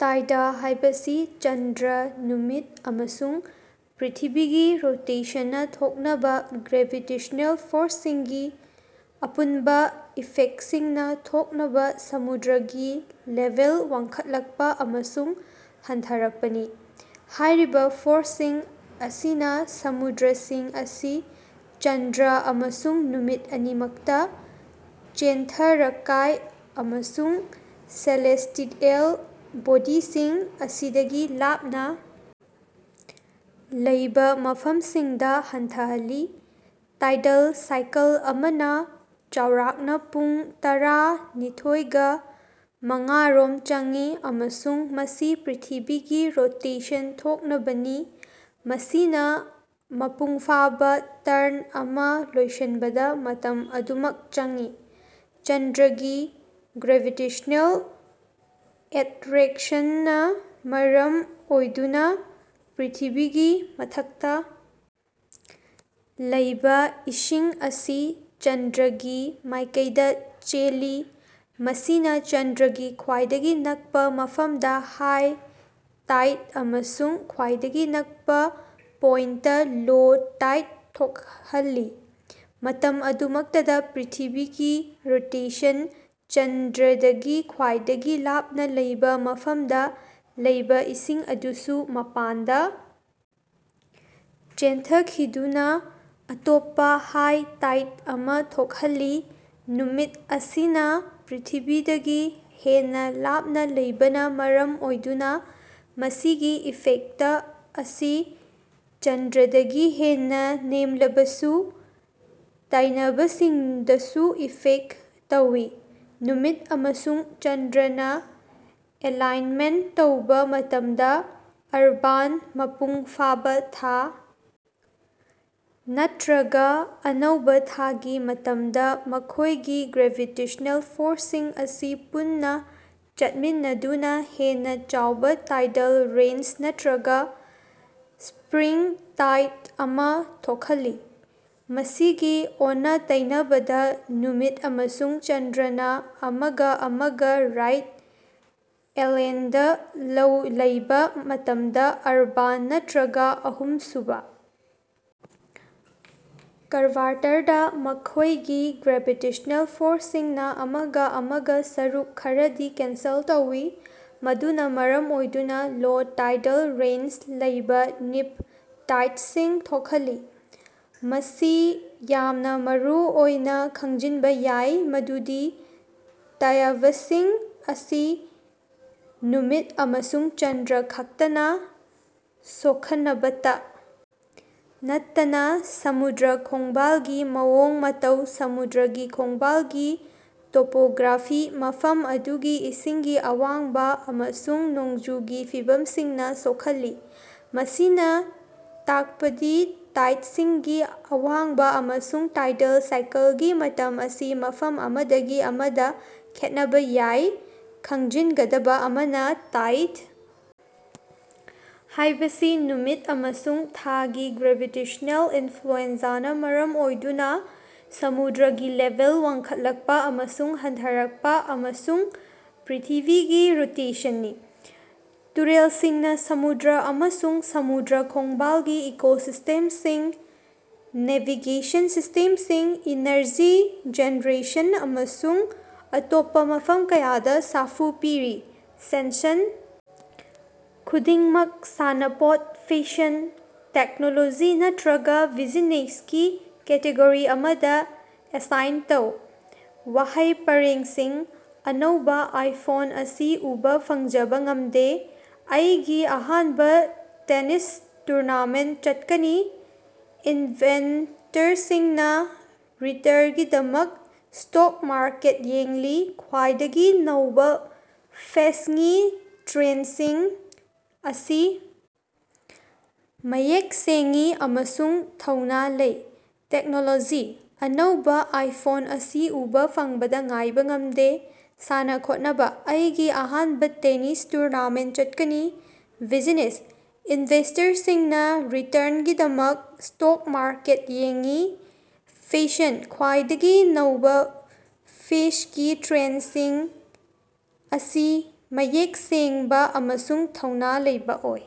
ꯇꯥꯏꯗ ꯍꯥꯏꯕꯁꯤ ꯆꯟꯗ꯭ꯔ, ꯅꯨꯃꯤꯠ ꯑꯃꯁꯨꯡ ꯄ꯭ꯔ꯭ꯤꯊꯤꯕꯤꯒꯤ ꯔꯣꯇꯦꯁꯟꯅ ꯊꯣꯛꯅꯕ ꯒ꯭ꯔꯦꯚꯤꯇꯦꯁꯅꯦꯜ ꯐꯣꯔꯁꯤꯡꯒꯤ ꯑꯄꯨꯟꯕ ꯏꯐꯦꯛꯁꯤꯡꯅ ꯊꯣꯛꯅꯕ ꯁꯃꯨꯗ꯭ꯔꯒꯤ ꯂꯦꯚꯦꯜ ꯋꯥꯡꯈꯠꯂꯛꯄ ꯑꯃꯁꯨꯡ ꯍꯟꯊꯔꯛꯄꯅꯤ꯫ ꯍꯥꯏꯔꯤꯕ ꯐꯣꯔꯁꯤꯡ ꯑꯁꯤꯅ ꯁꯃꯨꯗ꯭ꯔꯁꯤꯡ ꯑꯁꯤ ꯆꯟꯗ꯭ꯔ ꯑꯃꯁꯨꯡ ꯅꯨꯃꯤꯠ ꯑꯅꯤꯃꯛꯇ ꯆꯦꯟꯊꯔꯀꯏ, ꯑꯃꯁꯨꯡ ꯁꯦꯂꯦꯁ꯭ꯇꯤꯑꯦꯜ ꯕꯣꯗꯤꯁꯤꯡ ꯑꯁꯤꯗꯒꯤ ꯂꯥꯞꯅ ꯂꯩꯕ ꯃꯐꯝꯁꯤꯡꯗ ꯍꯟꯊꯍꯜꯂꯤ꯫ ꯇꯥꯏꯗꯜ ꯁꯥꯏꯀꯜ ꯑꯃꯅ ꯆꯥꯎꯔꯥꯛꯅ ꯄꯨꯡ ꯇꯔꯥ ꯅꯤꯊꯣꯏꯒ꯬ ꯃꯉꯥ ꯔꯣꯝ ꯆꯪꯏ ꯑꯃꯁꯨꯡ ꯃꯁꯤ ꯄ꯭ꯔ꯭ꯤꯊꯤꯕꯤꯒꯤ ꯔꯣꯇꯦꯁꯟ ꯊꯣꯛꯅꯕꯅꯤ, ꯃꯁꯤꯅ ꯃꯄꯨꯡꯐꯥꯕ ꯇꯔꯟ ꯑꯃ ꯂꯣꯏꯁꯤꯟꯕꯗ ꯃꯇꯝ ꯑꯗꯨꯃꯛ ꯆꯪꯏ꯫ ꯆꯟꯗ꯭ꯔꯒꯤ ꯒ꯭ꯔꯦꯚꯤꯇꯦꯁꯅꯦꯜ ꯑꯦꯠꯔꯦꯛꯁꯟꯅ ꯃꯔꯝ ꯑꯣꯏꯗꯨꯅ ꯄ꯭ꯔ꯭ꯤꯊꯤꯕꯤꯒꯤ ꯃꯊꯛꯇ ꯂꯩꯕ ꯏꯁꯤꯡ ꯑꯁꯤ ꯆꯟꯗ꯭ꯔꯒꯤ ꯃꯥꯏꯀꯩꯗ ꯆꯦꯜꯂꯤ꯫ ꯃꯁꯤꯅ ꯆꯟꯗ꯭ꯔꯒꯤ ꯈ꯭ꯋꯥꯏꯗꯒꯤ ꯅꯛꯄ ꯃꯐꯝꯗ ꯍꯥꯏ ꯇꯥꯏꯗ ꯑꯃꯁꯨꯡ ꯈ꯭ꯋꯥꯏꯗꯒꯤ ꯅꯛꯄ ꯄꯣꯏꯟꯠꯇ ꯂꯣ ꯇꯥꯏꯗ ꯊꯣꯛꯈꯜꯂꯤ꯫ ꯃꯇꯝ ꯑꯗꯨꯃꯛꯇꯗ ꯄ꯭ꯔ꯭ꯤꯊꯤꯕꯤꯒꯤ ꯔꯣꯇꯦꯁꯟꯅ ꯆꯟꯗ꯭ꯔꯗꯒꯤ ꯈ꯭ꯋꯥꯏꯗꯒꯤ ꯂꯥꯞꯅ ꯂꯩꯕ ꯃꯐꯝꯗ ꯂꯩꯕ ꯏꯁꯤꯡ ꯑꯗꯨꯁꯨ ꯃꯄꯥꯟꯗ ꯆꯦꯟꯊꯈꯤꯗꯨꯅ ꯑꯇꯣꯞꯄ ꯍꯥꯏ ꯇꯥꯏꯗ ꯑꯃꯥ ꯊꯣꯈꯜꯂꯤ꯫ ꯅꯨꯃꯤꯠ ꯑꯁꯤꯅ ꯄ꯭ꯔ꯭ꯤꯊꯤꯕꯤꯗꯒꯤ ꯍꯦꯟꯅ ꯂꯥꯞꯅ ꯂꯩꯕꯅ ꯃꯔꯝ ꯑꯣꯏꯗꯨꯅ ꯃꯁꯤꯒꯤ ꯏꯐꯦꯛꯇ ꯑꯁꯤ ꯆꯟꯗ꯭ꯔꯗꯒꯤ ꯍꯦꯟꯅ ꯅꯦꯝꯂꯕꯁꯨ ꯇꯩꯅꯕꯁꯤꯡꯗꯁꯨ ꯏꯐꯦꯛꯇ ꯇꯧꯏ꯫ ꯅꯨꯃꯤꯠ ꯑꯃꯁꯨꯡ ꯆꯟꯗ꯭ꯔꯅ ꯑꯦꯂꯥꯏꯟꯃꯦꯟꯇ ꯇꯧꯕ ꯃꯇꯝꯗ (ꯑꯔꯕꯥꯟ, ꯃꯄꯨꯡ ꯐꯥꯕ ꯊꯥ ꯅꯠꯇꯔꯒ ꯑꯅꯧꯕ ꯊꯥꯒꯤ ꯃꯇꯝꯗ) ꯃꯈꯣꯏꯒꯤ ꯒ꯭ꯔꯦꯚꯤꯇꯦꯁꯅꯦꯜ ꯐꯣꯔꯁꯤꯡ ꯑꯁꯤ ꯄꯨꯟꯅ ꯆꯠꯃꯤꯟꯅꯗꯨꯅ ꯍꯦꯟꯅ ꯆꯥꯎꯕ ꯇꯥꯏꯗꯜ ꯔꯦꯟꯖ ꯅꯠꯇꯔꯒ ꯁ꯭ꯞꯔꯤꯡ ꯇꯥꯏꯗ ꯑꯃꯥ ꯊꯣꯛꯍꯜꯂꯤ꯫ ꯃꯁꯤꯒꯤ ꯑꯣꯟꯅ-ꯇꯩꯅꯕꯗ, ꯅꯨꯃꯤꯠ ꯑꯃꯁꯨꯡ ꯆꯟꯗ꯭ꯔꯅ ꯑꯃꯒ ꯑꯃꯒ ꯔꯥꯏꯠ ꯑꯦꯉ꯭ꯒꯂꯗꯥ ꯂꯩꯕꯥ ꯃꯇꯝꯗ (ꯑꯔꯕꯥꯟ ꯅꯠꯇꯔꯒ ꯑꯍꯨꯃꯁꯨꯕ ꯀ꯭ꯕꯥꯔꯇꯔꯗꯥ) ꯃꯈꯣꯏꯒꯤ ꯒ꯭ꯔꯦꯚꯤꯇꯦꯁꯅꯦꯜ ꯐꯣꯔꯁꯤꯡꯅ ꯑꯃꯒ ꯑꯃꯒ ꯁꯔꯨꯛ ꯈꯔꯗꯤ ꯀꯦꯟꯁꯦꯜ ꯇꯧꯏ, ꯃꯗꯨꯅ ꯃꯔꯝ ꯑꯣꯏꯗꯨꯅ ꯂꯣ ꯇꯥꯏꯗꯜ ꯔꯦꯟꯖ ꯂꯩꯕ ꯅꯤꯞ ꯇꯥꯏꯗꯁꯤꯡ ꯊꯣꯛꯍꯜꯂꯤ꯫ ꯃꯁꯤ ꯌꯥꯝꯅꯥ ꯃꯔꯨꯑꯣꯏꯅ ꯈꯡꯖꯤꯟꯕ ꯌꯥꯏ ꯃꯗꯨꯗꯤ ꯇꯩꯌꯕꯁꯤꯡ ꯑꯁꯤ ꯅꯨꯃꯤꯠ ꯑꯃꯁꯨꯡ ꯆꯟꯗ꯭ꯔ ꯈꯛꯇꯅ ꯁꯣꯈꯅꯕꯇ ꯅꯠꯇꯅ ꯁꯃꯨꯗ꯭ꯔ ꯈꯣꯡꯕꯥꯂꯒꯤ ꯃꯑꯣꯡ ꯃꯇꯧ, ꯁꯃꯨꯗ꯭ꯔꯒꯤ ꯈꯣꯡꯕꯥꯜꯒꯤ ꯇꯣꯄꯣꯒ꯭ꯔꯥꯐꯤ, ꯃꯐꯝ ꯑꯗꯨꯒꯤ ꯏꯁꯤꯡꯒꯤ ꯑꯋꯥꯡꯕ, ꯑꯃꯁꯨꯡ ꯅꯣꯡꯖꯨꯒꯤ ꯐꯤꯕꯝꯁꯤꯡꯅ ꯁꯣꯈꯜꯂꯤ꯫ ꯃꯁꯤꯅ ꯇꯥꯜꯄꯗꯤ ꯇꯥꯏꯗꯁꯤꯡꯒꯤ ꯑꯋꯥꯡꯕ ꯑꯃꯁꯨꯡ ꯇꯥꯏꯗꯜ ꯁꯥꯏꯀꯜꯒꯤ ꯃꯇꯝ ꯑꯁꯤ ꯃꯐꯝ ꯑꯃꯗꯒꯤ ꯑꯃꯗ ꯈꯦꯠꯅꯕ ꯌꯥꯏ꯫ ꯈꯪꯖꯤꯟꯒꯗꯕ ꯑꯃꯅ, ꯇꯥꯏꯗ ꯍꯥꯌꯕꯁꯤ ꯅꯨꯃꯤꯠ ꯑꯃꯁꯨꯡ ꯊꯥꯒꯤ ꯒ꯭ꯔꯦꯚꯤꯇꯦꯁꯅꯦꯜ ꯏꯅꯐ꯭ꯂꯨꯑꯦꯟꯖꯥꯅ ꯃꯔꯝ ꯑꯣꯏꯗꯨꯅ ꯁꯃꯨꯗ꯭ꯔꯒꯤ ꯂꯦꯚꯦꯜ ꯋꯥꯡꯈꯠꯂꯀꯄ ꯑꯃꯁꯨꯡ ꯍꯟꯊꯔꯀꯄ, ꯑꯃꯁꯨꯡ ꯄ꯭ꯔ꯭ꯏꯊꯤꯕꯤꯒꯤ ꯔꯣꯇꯦꯁꯟꯅꯤ꯫ ꯇꯨꯔꯦꯜꯁꯤꯡꯅ ꯁꯃꯨꯗ꯭ꯔ ꯑꯃꯁꯨꯡ ꯁꯃꯨꯗ꯭ꯔ ꯈꯣꯡꯕꯥꯜꯒꯤ ꯏꯀꯣꯁꯤꯁ꯭ꯇꯦꯝꯁꯤꯡ, ꯅꯦꯚꯤꯒꯦꯁꯟ ꯁꯤꯁ꯭ꯇꯦꯃꯁꯤꯡ, ꯏꯅꯔꯖꯤ ꯖꯦꯅꯦꯔꯦꯁꯟ ꯑꯃꯁꯨꯡ ꯑꯇꯣꯞꯄ ꯃꯐꯝ ꯀꯌꯥꯗ ꯁꯥꯐꯨ ꯄꯤꯔꯤ꯫ ꯁꯦꯟꯁꯟ ꯈꯨꯗꯤꯡꯃꯛ ꯁꯥꯟꯅꯄꯣꯠ, ꯐꯦꯁꯟ, ꯇꯦꯛꯅꯣꯂꯣꯖꯤ ꯅꯠꯇꯔꯒ ꯕꯤꯖꯤꯅꯦꯁꯀꯤ ꯀꯦꯇꯦꯒꯣꯔꯤ ꯑꯃꯗ ꯑꯦꯁꯥꯏꯟ ꯇꯧ꯫ ꯋꯥꯍꯩ ꯄꯔꯦꯡꯁꯤꯡ: -ꯑꯅꯧꯕ ꯑꯥꯏꯐꯣꯟ ꯑꯁꯤ ꯎꯕ ꯐꯪꯖꯕ ꯉꯝꯗꯦ꯫ -ꯑꯩꯒꯤ ꯑꯍꯥꯟꯕ ꯇꯦꯅꯤꯁ ꯇꯨꯔꯅꯥꯃꯦꯟꯠ ꯆꯠꯀꯅꯤ꯫ -ꯏꯟꯚꯦꯟꯇꯔꯁꯤꯡꯅ ꯔꯤꯇꯔꯉꯤꯗꯃꯛ ꯁ꯭ꯇꯣꯛ ꯃꯥꯔꯀꯦꯠꯇ ꯌꯦꯡꯂꯤ꯫ -ꯈ꯭ꯋꯥꯏꯗꯒꯤ ꯅꯧꯕ ꯐꯦꯁꯉꯤ ꯇ꯭ꯔꯦꯟꯗꯁꯤꯡ ꯑꯁꯤ ꯃꯌꯦꯛ ꯁꯦꯡꯏ ꯑꯃꯁꯨꯡ ꯊꯧꯅꯥ ꯂꯩ꯫ ꯇꯦꯛꯅꯣꯂꯣꯖꯤ: ꯑꯅꯧꯕ ꯑꯥꯏꯐꯣꯟ ꯑꯁꯤ ꯎꯕ ꯐꯪꯕꯗ ꯉꯥꯏꯕ ꯉꯝꯗꯦ꯫ ꯁꯥꯟꯅ-ꯈꯣꯠꯅꯕ: ꯑꯩꯒꯤ ꯑꯍꯥꯟꯕ ꯇꯦꯅꯤꯁ ꯇꯨꯔꯅꯥꯃꯦꯟꯇ ꯆꯠꯀꯅꯤ꯫ ꯕꯤꯖꯤꯅꯦꯁ: ꯏꯅꯚꯦꯁ꯭ꯇꯔꯁꯤꯡꯅ ꯔꯤꯇꯔꯉꯤꯗꯃꯛ ꯁ꯭ꯇꯣꯛ ꯃꯥꯔꯀꯦꯠꯇ ꯌꯦꯡꯂꯤ꯫ ꯐꯦꯁꯟ: ꯈ꯭ꯋꯥꯏꯗꯒꯤ ꯅꯧꯕ ꯐꯦꯁꯉꯤ ꯇ꯭ꯔꯦꯟꯗꯁꯤꯡ ꯑꯁꯤ ꯃꯌꯦꯛ ꯁꯦꯡꯕ ꯑꯃꯁꯨꯡ ꯊꯧꯅꯥ ꯂꯩꯕ ꯑꯣꯏ꯫